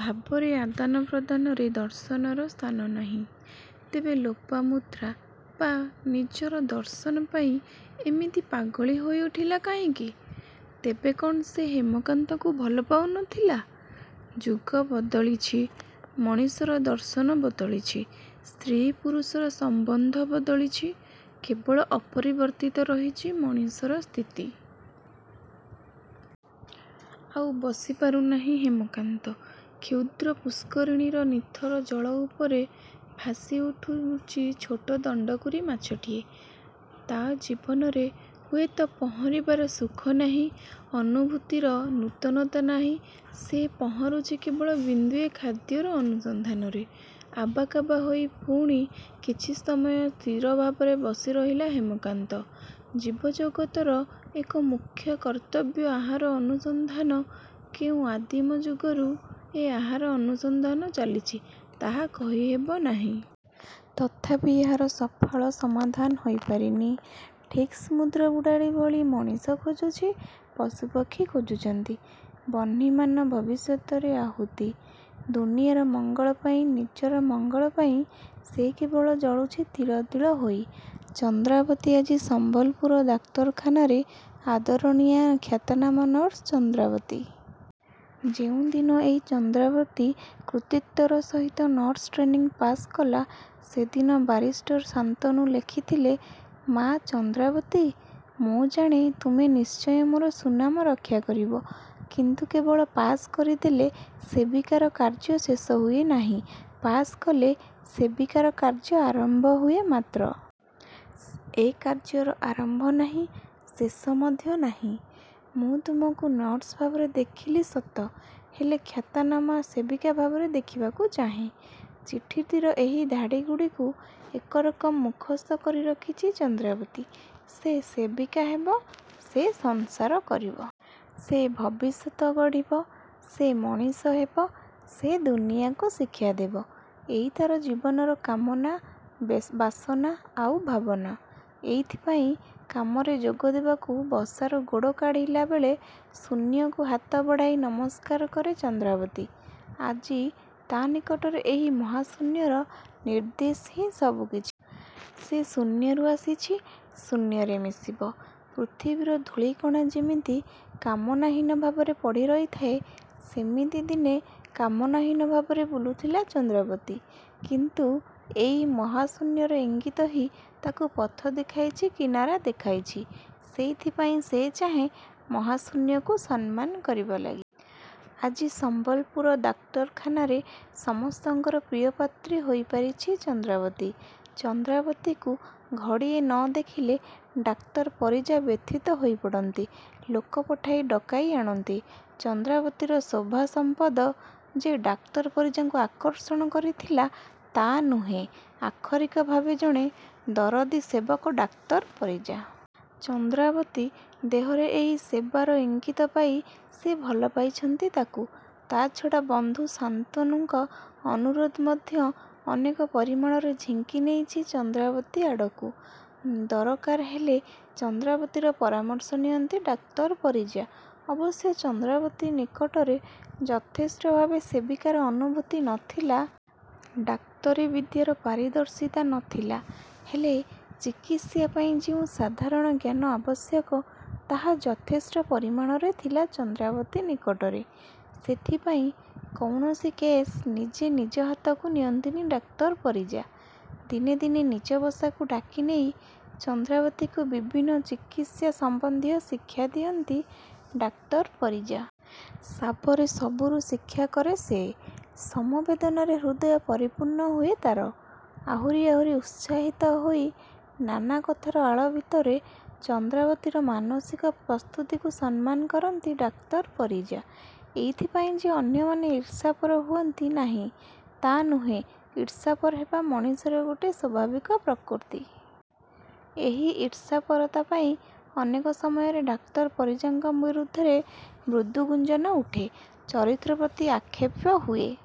ଭାବରେ ଆଦାନ ପ୍ରଦାନରେ ଦର୍ଶନର ସ୍ଥାନ ନାହିଁ। ତେବେ ଲୋପାମୁଦ୍ରା। ବା ନିଜର ଦର୍ଶନ ପାଇଁ ଏମିତି ପାଗଳୀ ହୋଇ ଉଠିଲା କାହିଁକି? ତେବେ କ'ଣ ସେ ହେମକାନ୍ତକୁ ଭଲ ପାଉ ନ ଥିଲା ଯୁଗ ବଦଳିଛି... ମଣିଷର ଦର୍ଶନ ବଦଳିଛି ସ୍ତ୍ରୀ ପୁରୁଷର ସମ୍ବନ୍ଧ ବଦଳିଛି କେବଳ ଅପରିବର୍ତ୍ତିତ ରହିଛି ମଣିଷର ସ୍ଥିତି। ଆଉ ବସି ପାରୁନାହିଁ ହେମକାନ୍ତ। କ୍ଷୁଦ୍ର ପୁଷ୍କରିଣୀର ନିଥର ଜଳ ଉପରେ ଭାସିଉଠୁଛି ଛୋଟ ଦଣ୍ଡ କୁରୀ ମାଛଟିଏ। ତା' ଜୀବନରେ ହୁଏତ ପହଁରିବାର ସୁଖ ନାହିଁ ଅନୁଭୂତିର ନୂତନତା ନାହିଁ ସେ ପହଁରୁଛି କେବଳ ବିନ୍ଦୁଏ ଖାଦ୍ୟର ଅନୁସନ୍ଧାନରେ। ଆବାକାବା ହୋଇ ପୁଣି କିଛି ସମୟ ସ୍ଥିର ଭାବରେ ବସି ରହିଲା ହେମକାନ୍ତ ଜୀବ ଜଗତର ଏକ ମୁଖ୍ୟ କର୍ତ୍ତବ୍ୟ ଆହାର ଅନୁସନ୍ଧାନ କେଉଁ ଆଦିମ ଯୁଗରୁ ଏ ଆହାର ଅନୁସନ୍ଧାନ ଚାଲିଛି ତାହା କହି ହେବନାହିଁ। ତଥାପି ଏହାର ସଫଳ ସମାଧାନ ହୋଇପାରିନି। ଠିକ୍ସମୁଦ୍ର ବୁଡ଼ାଳି ଭଳି ମଣିଷ ଖୋଜୁଛି ପଶୁ ପକ୍ଷୀ ଖୋଜୁଛନ୍ତି। ବହ୍ନିମାନ ଭବିଷ୍ୟତରେ ଆହୂତି। ଦୁନିଆଁର ମଙ୍ଗଳ ପାଇଁ ନିଜର ମଙ୍ଗଳ ପାଇଁ ସେ କେବଳ ଜଳୁଛି ତିଳ ତିଳ ହୋଇ। ଚନ୍ଦ୍ରାବତୀ ଆଜି ସମ୍ବଲପୁର ଡାକ୍ତରଖାନାରେ ଆଦରଣୀୟା ଖ୍ୟାତନାମା ନର୍ସ ଚନ୍ଦ୍ରାବତୀ। ଯେଉଁଦିନ ଏଇ ଚନ୍ଦ୍ରାବତୀ କୃତୀତ୍ୱର ସହିତ ନର୍ସ ଟ୍ରେନିଂ ପାଶ୍କଲା ସେଦିନ ବାରିଷ୍ଟର ଶାନ୍ତନୁ ଲେଖିଥିଲେ ମା ଚନ୍ଦ୍ରାବତୀ! ମୁଁ ଜାଣେ ତୁମେ ନିଶ୍ଚୟ ମୋର ସୁନାମ ରକ୍ଷା କରିବ। କିନ୍ତୁ କେବଳ ପାଶ୍ କରିଦେଲେ ସେବିକାର କାର୍ଯ୍ୟ ଶେଷ ହୁଏନାହିଁ। ପାଶ୍କଲେ ସେବିକାର କାର୍ଯ୍ୟ ଆରମ୍ଭ ହୁଏ ମାତ୍ର। ଏ କାର୍ଯ୍ୟର ଆରମ୍ଭ ନାହିଁ ଶେଷ ମଧ୍ୟ ନାହିଁ। ମୁଁ ତୁମକୁ ନର୍ସ ଭାବରେ ଦେଖିଲି ସତ ହେଲେ ଖ୍ୟାତନାମା ସେବିକା ଭାବରେ ଦେଖିବାକୁ ଚାହେଁ। ଚିଠିଟିର ଏଇ ଧାଡ଼ିଗୁଡ଼ିକୁ ଏକରକମ୍ ମୁଖସ୍ତ କରି ରଖିଛି ଚନ୍ଦ୍ରାବତୀ। ସେ ସେବିକା ହେବ। ସେ ସଂସାର କରିବ। ସେ ଭବିଷ୍ୟତ ଗଢ଼ିବ। ସେ ମଣିଷ ହେବ। ସେ ଦୁନିଆଁକୁ ଶିକ୍ଷା ଦେବ। ଏଇ ତା'ର ଜୀବନର କାମନା ବେ ବାସନା ଆଉ ଭାବନା। ଏଇଥିପାଇଁ କାମରେ ଯୋଗଦେବାକୁ ବସାରୁ ଗୋଡ଼ କାଢ଼ିବାବେଳେ ଶୂନ୍ୟକୁ ହାତ ବଢ଼ାଇ ନମସ୍କାର କରେ ଚନ୍ଦ୍ରାବତୀ। ଆଜି ତା' ନିକଟରେ ଏହି ମହାଶୂନ୍ୟର ନିର୍ଦ୍ଦେଶ ହିଁ ସବୁକିଛି। ସେ ଶୂନ୍ୟରୁ ଆସିଛି ଶୂନ୍ୟରେ ମିଶିବ। ପୃଥିବୀର ଧୂଳିକଣା ଯେମିତି କାମନାହୀନ ଭାବରେ ପଡ଼ି ରହିଥାଏ ସେମିତି ଦିନେ କାମନାହୀନ ଭାବରେ ବୁଲୁଥିଲା ଚନ୍ଦ୍ରାବତୀ। କିନ୍ତୁ ଏଇ ମହାଶୂନ୍ୟର ଇଙ୍ଗୀତ ହିଁ ତାକୁ ପଥ ଦେଖାଇଛି କିନାରା ଦେଖାଇଛି। ସେଥିପାଇଁ ସେ ଚାହେଁ ମହାଶୂନ୍ୟକୁ ସମ୍ମାନ କରିବା ଲାଗି। ଆଜି ସମ୍ଭଲପୁର ଡାକ୍ତରଖାନାରେ ସମସ୍ତଙ୍କର ପ୍ରିୟପାତ୍ରୀ ହୋଇ ପାରିଛି ଚନ୍ଦ୍ରାବତୀ। ଚନ୍ଦ୍ରାବତୀକୁ ଘଡ଼ିଏ ନ ଦେଖିଲେ ଡାକ୍ତର ପରିଜା ବ୍ୟଥିତ ହୋଇ ପଡ଼ନ୍ତି। ଲୋକ ପଠାଇ ଡ଼କାଇ ଆଣନ୍ତି। ଚନ୍ଦ୍ରାବତୀର ଶୋଭା ସମ୍ପଦ ଯେ ଡାକ୍ତର ପରିଜାଙ୍କୁ ଆକର୍ଷଣ କରିଥିଲା ତା' ନୁହେଁ ଆକ୍ଷରିକ ଭାବେ ଜଣେ ଦରଦୀ ସେବକ ଡାକ୍ତର ପରିଜା। ଚନ୍ଦ୍ରାବତୀ ଦେହରେ ଏଇ ସେବାର ଇଙ୍ଗୀତ ପାଇ ସେ ଭଲ ପାଇଛନ୍ତି ତାକୁ। ତା'ଛଡ଼ା ବନ୍ଧୁ ଶାନ୍ତନୁଙ୍କ ଅନୁରୋଧ ମଧ୍ୟ ଅନେକ ପରିମାଣରେ ଝିଙ୍କି ନେଇଛି ଚନ୍ଦ୍ରାବତୀ ଆଡ଼କୁ। ଦରକାର ହେଲେ ଚନ୍ଦ୍ରାବତୀର ପରାମର୍ଶ ନିଅନ୍ତି ଡାକ୍ତର ପରିଜା। ଅବଶ୍ୟ ଚନ୍ଦ୍ରାବତୀ ନିକଟରେ ଯଥେଷ୍ଟ ଭାବେ ସେବିକାର ଅନୁଭୁତି ନ ଥିଲା। ଡାକ୍ତରୀ ବିଦ୍ୟାର ପାରିଦର୍ଶିତା ନ ଥିଲା ହେଲେ ଚିକିତ୍ସା ପାଇଁ ଯେଉଁ ସାଧାରଣ ଜ୍ଞାନ ଆବଶ୍ୟକ ତାହା ଯଥେଷ୍ଟ ପରିମାଣରେ ଥିଲା ଚନ୍ଦ୍ରାବତୀ ନିକଟରେ। ସେଥିପାଇଁ କୌଣସି କେସ୍ ନିଜେ ନିଜେ ହାତକୁ ନିଅନ୍ତିନି ଡାକ୍ତର ପରିଜା। ଦିନେ ଦିନେ ନିଜ ବସାକୁ ଡ଼ାକିନେଇ ଚନ୍ଦ୍ରାବତୀକୁ ବିଭିନ୍ନ ଚିକିତ୍ସା ସମ୍ବନ୍ଧ ଶିକ୍ଷା ଦିଅନ୍ତି ଡାକ୍ତର ପରିଜା। ସାବରେ ସବୁରୁ ଶିକ୍ଷାକରେ ସେ। ସମବେଦନାରେ ହୃଦୟ ପରିପୂର୍ଣ୍ଣ ହୁଏ ତା'ର। ଆହୁରି ଆହୁରି ଉତ୍ସାହିତ ହୋଇ ନାନା କଥାର ଆଳ ଭିତରେ ଚନ୍ଦ୍ରାବତୀର ମାନସିକ ପ୍ରସ୍ତୁତିକୁ ସମ୍ମାନ କରନ୍ତି ଡାକ୍ତର ପରିଜା। ଏଥିପାଇଁ ଯେ ଅନ୍ୟମାନେ ଈର୍ଷାପର ହୁଅନ୍ତି ନାହିଁ ତା'ନୁହେଁ। ଈର୍ଷାପର ହେବା ମଣିଷର ଗୋଟିଏ ସ୍ୱଭାବିକ୍ପ୍ରକୃତି। ଏଇ ଈର୍ଷାପରତା ପାଇଁ ଅନେକ ସମୟରେ ଡାକ୍ତର ପରିଜାଙ୍କ ବିରୁଦ୍ଧରେ ମୃଦୁଗୁଞ୍ଜନ ଉଠେ। ଚରିତ୍ର ପ୍ରତି ଆକ୍ଷେପ ହୁଏ।